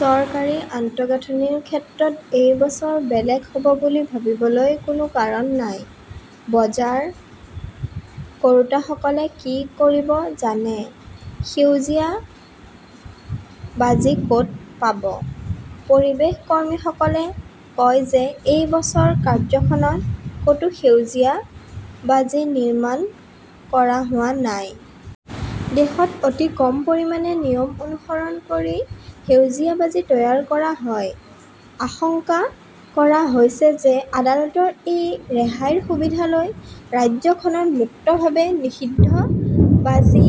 চৰকাৰী আন্তঃগাঁথনিৰ ক্ষেত্ৰত এই বছৰ বেলেগ হ'ব বুলি ভাবিবলৈ কোনো কাৰণ নাই। বজাৰ কৰোতাসকলে কি কৰিব জানে, সেউজীয়া বাজি ক'ত পাব? পৰিৱেশ কৰ্মীসকলে কয় যে এই বছৰ ৰাজ্যখনত ক'তো সেউজীয়া বাজি নিৰ্মাণ কৰা হোৱা নাই। দেশত অতি কম পৰিমাণে নিয়ম অনুসৰণ কৰি সেউজীয়া বাজি তৈয়াৰ কৰা হয়। আশংকা কৰা হৈছে যে আদালতৰ এই ৰেহাইৰ সুবিধা লৈ ৰাজ্যখনত মুক্তভাৱে নিষিদ্ধ বাজি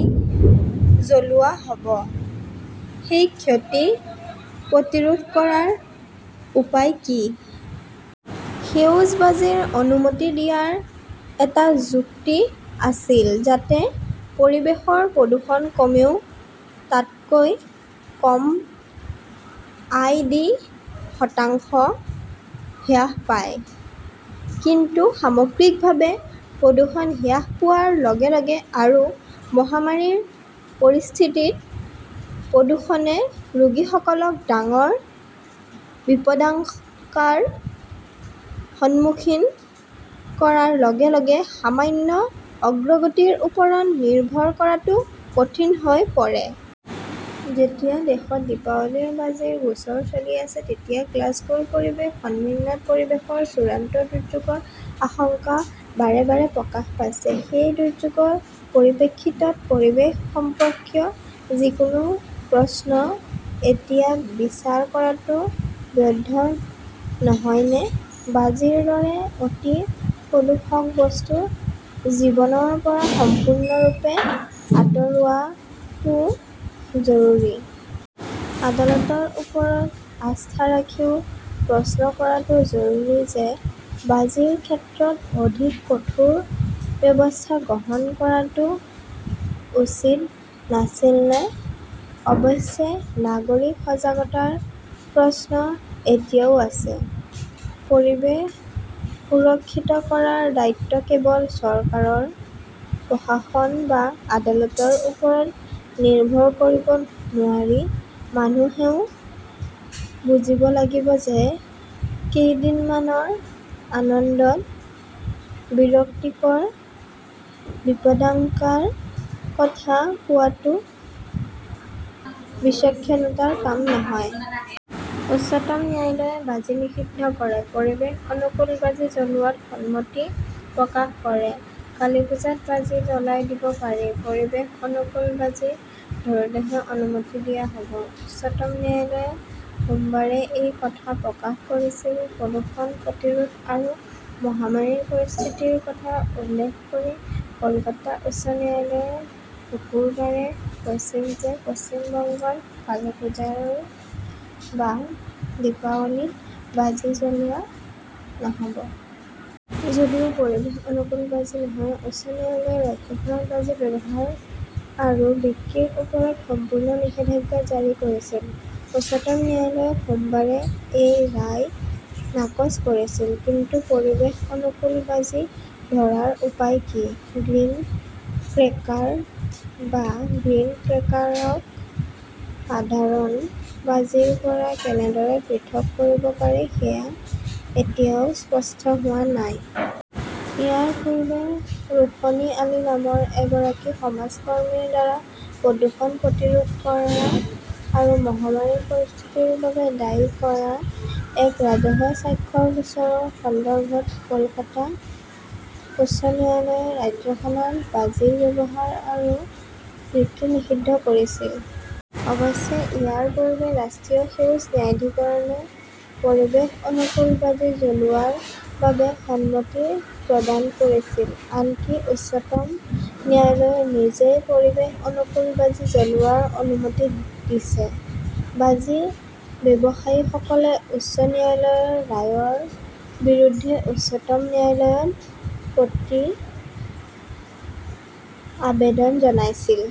জ্বলোৱা হ'ব। সেই ক্ষতি প্ৰতিৰোধ কৰাৰ উপায় কি? সেউজ বাজিৰ অনুমতি দিয়াৰ এটা যুক্তি আছিল, যাতে পৰিৱেশৰ প্ৰদূষণ কমেও তাতকৈ কম আই. ডি. শতাংশ হ্ৰাস পায়। কিন্তু সামগ্ৰিকভাৱে প্ৰদূষণ হ্ৰাস পোৱাৰ লগে - লগে আৰু মহামাৰীৰ পৰিস্থিতিত প্ৰদূষণে ৰোগীসকলক ডাঙৰ বিপদাঙশকাৰ সন্মুখীন কৰাৰ লগে লগে সামান্য অগ্ৰগতিৰ ওপৰত নিৰ্ভৰ কৰাটো কঠিন হৈ পৰে। যেতিয়া দেশত দীপাৱলীৰ বাজিৰ গোচৰ চলি আছে, তেতিয়া গ্লাছগোৰ পৰিৱেশ সন্মিলনত পৰিৱেশৰ চূড়ান্ত দুৰ্যোগৰ আশংকা বাৰে বাৰে প্ৰকাশ পাইছে। সেই দুৰ্যোগৰ পৰিপ্ৰেক্ষিতত পৰিৱেশ সম্পৰ্কীয় যিকোনো প্ৰশ্ন এতিয়া বিচাৰ কৰাটো বৈধ নহয়নে? বাজিৰ দৰে অতি প্ৰদূষক বস্তু জীৱনৰ পৰা সম্পূৰ্ণৰূপে আঁতৰোৱাটো জৰুৰী। আদালতৰ ওপৰত আস্থা ৰাখিও প্ৰশ্ন কৰাটো জৰুৰী যে বাজিৰ ক্ষেত্ৰত অধিক কঠোৰ ব্যৱস্থা গ্ৰহণ কৰাটো উচিত নাছিলনে? অৱশ্যে, নাগৰিক সজাগতাৰ প্ৰশ্ন এতিয়াও আছে। পৰিৱেশ সুৰক্ষিত কৰাৰ দায়িত্ব কেৱল চৰকাৰৰ, প্ৰশাসন বা আদালতৰ ওপৰত নিৰ্ভৰ কৰিব নোৱাৰি-মানুহেও বুজিব লাগিব যে কেইদিনমানৰ আনন্দত বিৰক্তিকৰ বিপদাংকাৰ কথা কোৱাটো বিচক্ষণতাৰ কাম নহয়। উচ্চতম ন্যায়ালয়ে বাজি নিষিদ্ধ কৰে, পৰিৱেশ অনুকূল বাজি জ্বলোৱাত সন্মতি প্ৰকাশ কৰে কালিপ্পুজাত বাজি জ্বলাই দিব পাৰি। পৰিৱেশ অনুকূল বাজি ধৰিলেহে অনুমতি দিয়া হ'ব। উচ্চতম ন্যায়ালয়ে সোমবাৰে এই কথা প্ৰকাশ কৰিছিল। প্ৰদূষণ প্ৰতিৰোধ আৰু মহামাৰীৰ পৰিস্থিতিৰ কথা উল্লেখ কৰি কলকাতা উচ্চ ন্যায়ালয়ে শুকুৰবাৰে কৈছিল যে পশ্চিম বংগত কালীপুজোয় বা দীপাৱলীত বাজি জ্বলোৱা নহ'ব। যদিও পৰিৱেশ-অনুকূল বাজি নহয়। উচ্চ ন্যায়ালয়ে ৰাজ্যখনত বাজি ব্যৱহাৰ আৰু বিক্ৰীৰ ওপৰত সম্পূৰ্ণ নিষেধাজ্ঞা জাৰি কৰিছিল। উচ্চতম ন্যায়ালয়ে সোমবাৰে এই ৰায় নাকচ কৰিছিল। কিন্তু পৰিৱেশ অনুকূল বাজি ধৰাৰ উপায় কি? গ্ৰীণ ক্ৰেকাৰ বা গ্ৰীণ ক্ৰেকাৰক সাধাৰণ বাজিৰ পৰা কেনেদৰে পৃথক কৰিব পাৰি সেয়া এতিয়াও স্পষ্ট হোৱা নাই। ইয়াৰ পূৰ্বে, ৰোশনী আলী নামৰ এগৰাকী সমাজ কৰ্মীৰ দ্বাৰা প্ৰদূষণ প্ৰতিৰোধ কৰা আৰু মহামাৰীৰ পৰিস্থিতিৰ বাবে দায়ী কৰা এক ৰাজহুৱা স্বাৰ্থৰ গোচৰৰ সন্দৰ্ভত কলকাতা উচ্চ ন্যায়ালয়ে ৰাজ্যখনত বাজিৰ ব্যৱহাৰ আৰু বিক্ৰী নিষিদ্ধ কৰিছিল। অৱশ্যে ইয়াৰ পূৰ্বে ৰাষ্ট্ৰীয় সেউজ ন্যায়াধিকৰণে পৰিৱেশ অনুকূল বাজি জ্বলোৱাৰ বাবে সন্মতি প্ৰদান কৰিছিল। আনকি উচ্চতম ন্যায়ালয়ে নিজেই পৰিৱেশ অনুকূল বাজি জ্বলোৱাৰ অনুমতি দিছে। বাজি ব্যৱসায়ীসকলে উচ্চ ন্যায়ালয়ৰ ৰায়ৰ বিৰুদ্ধে উচ্চতম ন্যায়ালয়ত প্ৰতি-আবেদন জনাইছিল।